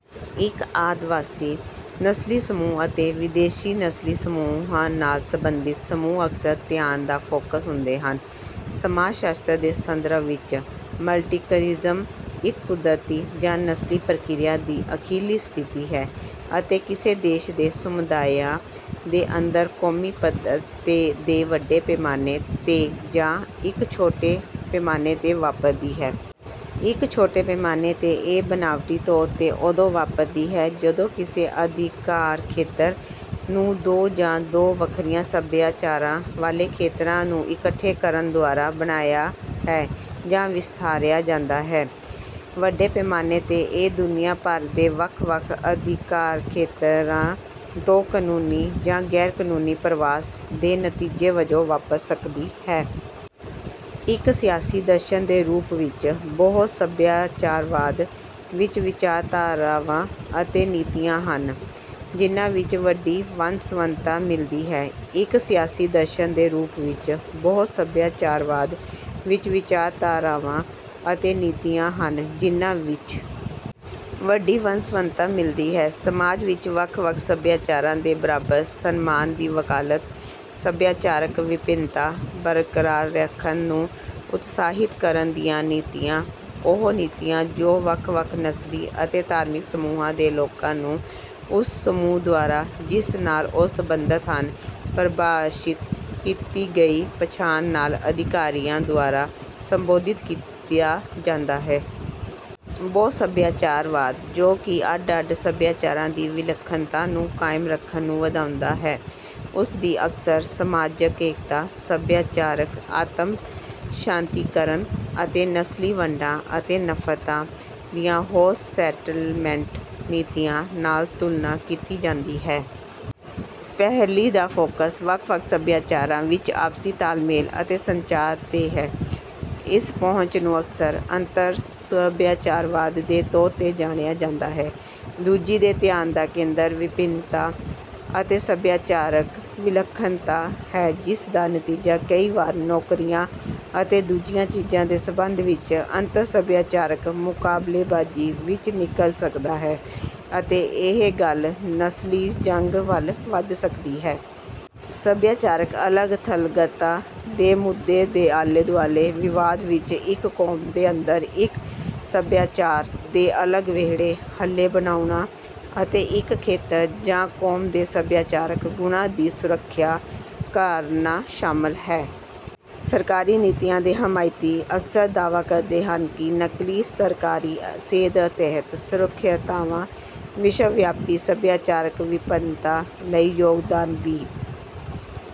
ਇੱਕ ਆਦਵਾਸੀ ਨਸਲੀ ਸਮੂਹ ਅਤੇ ਵਿਦੇਸ਼ੀ ਨਸਲੀ ਸਮੂਹਾਂ ਨਾਲ ਸਬੰਧਿਤ ਸਮੂਹ ਅਕਸਰ ਧਿਆਨ ਦਾ ਫ਼ੋਕਸ ਹੁੰਦੇ ਹਨ। ਸਮਾਜ ਸ਼ਾਸਤਰ ਦੇ ਸੰਦਰਭ ਵਿੱਚ, ਮਲਟੀਕਲਚਰਿਜ਼ਮ ਇੱਕ ਕੁਦਰਤੀ ਜਾਂ ਨਕਲੀ ਪ੍ਰਕਿਰਿਆ ਦੀ ਅਖੀਰਲੀ ਸਥਿਤੀ ਹੈ ਅਤੇ ਕਿਸੇ ਦੇਸ਼ ਦੇ ਸਮੁਦਾਇਆਂ ਦੇ ਅੰਦਰ ਕੌਮੀ ਪੱਧਰ ਦੇ ਵੱਡੇ ਪੈਮਾਨੇ ਤੇ ਜਾਂ ਇੱਕ ਛੋਟੇ ਪੈਮਾਨੇ ਤੇ ਵਾਪਰਦੀ ਹੈ। ਇੱਕ ਛੋਟੇ ਪੈਮਾਨੇ ਤੇ ਇਹ ਬਣਾਵਟੀ ਤੌਰ ਤੇ ਉਦੋਂ ਵਾਪਰਦੀ ਹੈ ਜਦੋਂ ਕਿਸੇ ਅਧਿਕਾਰਖੇਤਰ ਨੂੰ ਦੋ ਜਾਂ ਦੋ ਵੱਖਰੀਆਂ ਸਭਿਆਚਾਰਾਂ ਵਾਲੇ ਖੇਤਰਾਂ ਨੂੰ ਇਕੱਠੇ ਕਰਨ ਦੁਆਰਾ ਬਣਾਇਆ ਹੈ ਜਾਂ ਵਿਸਥਾਰਿਆ ਜਾਂਦਾ ਹੈ। ਵੱਡੇ ਪੈਮਾਨੇ ਤੇ, ਇਹ ਦੁਨੀਆ ਭਰ ਦੇ ਵੱਖ-ਵੱਖ ਅਧਿਕਾਰਖੇਤਰਾਂ ਤੋਂ ਕਨੂੰਨੀ ਜਾਂ ਗੈਰ ਕਨੂੰਨੀ ਪਰਵਾਸ ਦੇ ਨਤੀਜੇ ਵਜੋਂ ਵਾਪਰ ਸਕਦੀ ਹੈ। ਇੱਕ ਸਿਆਸੀ ਦਰਸ਼ਨ ਦੇ ਰੂਪ ਵਿੱਚ ਬਹੁਸਭਿਆਚਾਰਵਾਦ ਵਿੱਚ ਵਿਚਾਰਧਾਰਾਵਾਂ ਅਤੇ ਨੀਤੀਆਂ ਹਨ ਜਿਨ੍ਹਾਂ ਵਿੱਚ ਵੱਡੀ ਵੰਨ ਸੁਵੰਨਤਾ ਮਿਲਦੀ ਹੈ, ਇੱਕ ਸਿਆਸੀ ਦਰਸ਼ਨ ਦੇ ਰੂਪ ਵਿੱਚ ਬਹੁਸਭਿਆਚਾਰਵਾਦ ਵਿੱਚ ਵਿਚਾਰਧਾਰਾਵਾਂ ਅਤੇ ਨੀਤੀਆਂ ਹਨ ਜਿਨ੍ਹਾਂ ਵਿੱਚ ਵੱਡੀ ਵੰਨ ਸੁਵੰਨਤਾ ਮਿਲਦੀ ਹੈ, ਸਮਾਜ ਵਿੱਚ ਵੱਖ ਵੱਖ ਸਭਿਆਚਾਰਾਂ ਦੇ ਬਰਾਬਰ ਸਨਮਾਨ ਦੀ ਵਕਾਲਤ, ਸੱਭਿਆਚਾਰਕ ਵਿਭਿੰਨਤਾ ਬਰਕਰਾਰ ਰੱਖਣ ਨੂੰ ਉਤਸ਼ਾਹਿਤ ਕਰਨ ਦੀਆਂ ਨੀਤੀਆਂ, ਉਹ ਨੀਤੀਆਂ, ਜੋ ਵੱਖ-ਵੱਖ ਨਸਲੀ ਅਤੇ ਧਾਰਮਿਕ ਸਮੂਹਾਂ ਦੇ ਲੋਕਾਂ ਨੂੰ ਉਸ ਸਮੂਹ ਦੁਆਰਾ ਜਿਸ ਨਾਲ ਉਹ ਸੰਬੰਧਿਤ ਹਨ, ਪ੍ਰਭਾਸ਼ਿਤ ਕੀਤੀ ਗਈ ਪਛਾਣ ਨਾਲ ਅਧਿਕਾਰੀਆਂ ਦੁਆਰਾ ਸੰਬੋਧਿਤ ਕੀਤਾ ਜਾਂਦਾ ਹੈ। ਬਹੁਸਭਿਆਚਾਰਵਾਦ ਜੋ ਕਿ ਅੱਡ ਅੱਡ ਸੱਭਿਆਚਾਰਾਂ ਦੀ ਵਿਲੱਖਣਤਾ ਨੂੰ ਕਾਇਮ ਰੱਖਣ ਨੂੰ ਵਧਾਉਂਦਾ ਹੈ, ਉਸਦੀ ਅਕਸਰ ਸਮਾਜਕ ਏਕਤਾ, ਸੱਭਿਆਚਾਰਕ ਆਤਮਸਾਤੀਕਰਨ ਅਤੇ ਨਸਲੀ ਵੰਡਾਂ ਅਤੇ ਨਫਰਤਾਂ ਦੀਆਂ ਹੋਰ ਸੈਟਲਮੈਂਟ ਨੀਤੀਆਂ ਨਾਲ ਤੁਲਨਾ ਕੀਤੀ ਜਾਂਦੀ ਹੈ। ਪਹਿਲੀ ਦਾ ਫ਼ੋਕਸ ਵੱਖ-ਵੱਖ ਸਭਿਆਚਾਰਾਂ ਵਿਚ ਆਪਸੀ ਤਾਲਮੇਲ ਅਤੇ ਸੰਚਾਰ ਤੇ ਹੈ; ਇਸ ਪਹੁੰਚ ਨੂੰ ਅਕਸਰ ਅੰਤਰ-ਸਭਿਆਚਾਰਵਾਦ ਦੇ ਤੌਰ ਤੇ ਜਾਣਿਆ ਜਾਂਦਾ ਹੈ। ਦੂਜੀ ਦੇ ਧਿਆਨ ਦਾ ਕੇਂਦਰ ਵਿਭਿੰਨਤਾ ਅਤੇ ਸੱਭਿਆਚਾਰਕ ਵਿਲੱਖਣਤਾ ਹੈ ਜਿਸਦਾ ਨਤੀਜਾ ਕਈ ਵਾਰ ਨੌਕਰੀਆਂ ਅਤੇ ਦੂਜੀਆਂ ਚੀਜ਼ਾਂ ਦੇ ਸੰਬੰਧ ਵਿੱਚ ਅੰਤਰ-ਸਭਿਆਚਾਰਕ ਮੁਕਾਬਲੇਬਾਜ਼ੀ ਵਿੱਚ ਨਿਕਲ ਸਕਦਾ ਹੈ ਅਤੇ ਇਹ ਗੱਲ ਨਸਲੀ ਜੰਗ ਵੱਲ ਵਧ ਸਕਦੀ ਹੈ। ਸੱਭਿਆਚਾਰਕ ਅਲੱਗ-ਥਲੱਗਤਾ ਦੇ ਮੁੱਦੇ ਦੇ ਆਲੇ ਦੁਆਲੇ ਵਿਵਾਦ ਵਿੱਚ ਇੱਕ ਕੌਮ ਦੇ ਅੰਦਰ ਇੱਕ ਸੱਭਿਆਚਾਰ ਦੇ ਅਲੱਗ ਵਿਹੜੇ ਹੱਲੇ ਬਣਾਉਣਾ ਅਤੇ ਇੱਕ ਖੇਤਰ ਜਾਂ ਕੌਮ ਦੇ ਸਭਿਆਚਾਰਕ ਗੁਣਾਂ ਦੀ ਸੁਰੱਖਿਆ ਕਰਨਾ ਸ਼ਾਮਲ ਹੈ। ਸਰਕਾਰੀ ਨੀਤੀਆਂ ਦੇ ਹਮਾਇਤੀ ਅਕਸਰ ਦਾਅਵਾ ਕਰਦੇ ਹਨ ਕਿ ਨਕਲੀ, ਸਰਕਾਰੀ ਸੇਧ ਤਹਿਤ ਸੁਰੱਖਿਅਤਾਵਾਂ ਵਿਸ਼ਵ-ਵਿਆਪੀ ਸਭਿਆਚਾਰਕ ਵਿਭਿੰਨਤਾ ਲਈ ਯੋਗਦਾਨ ਵੀ...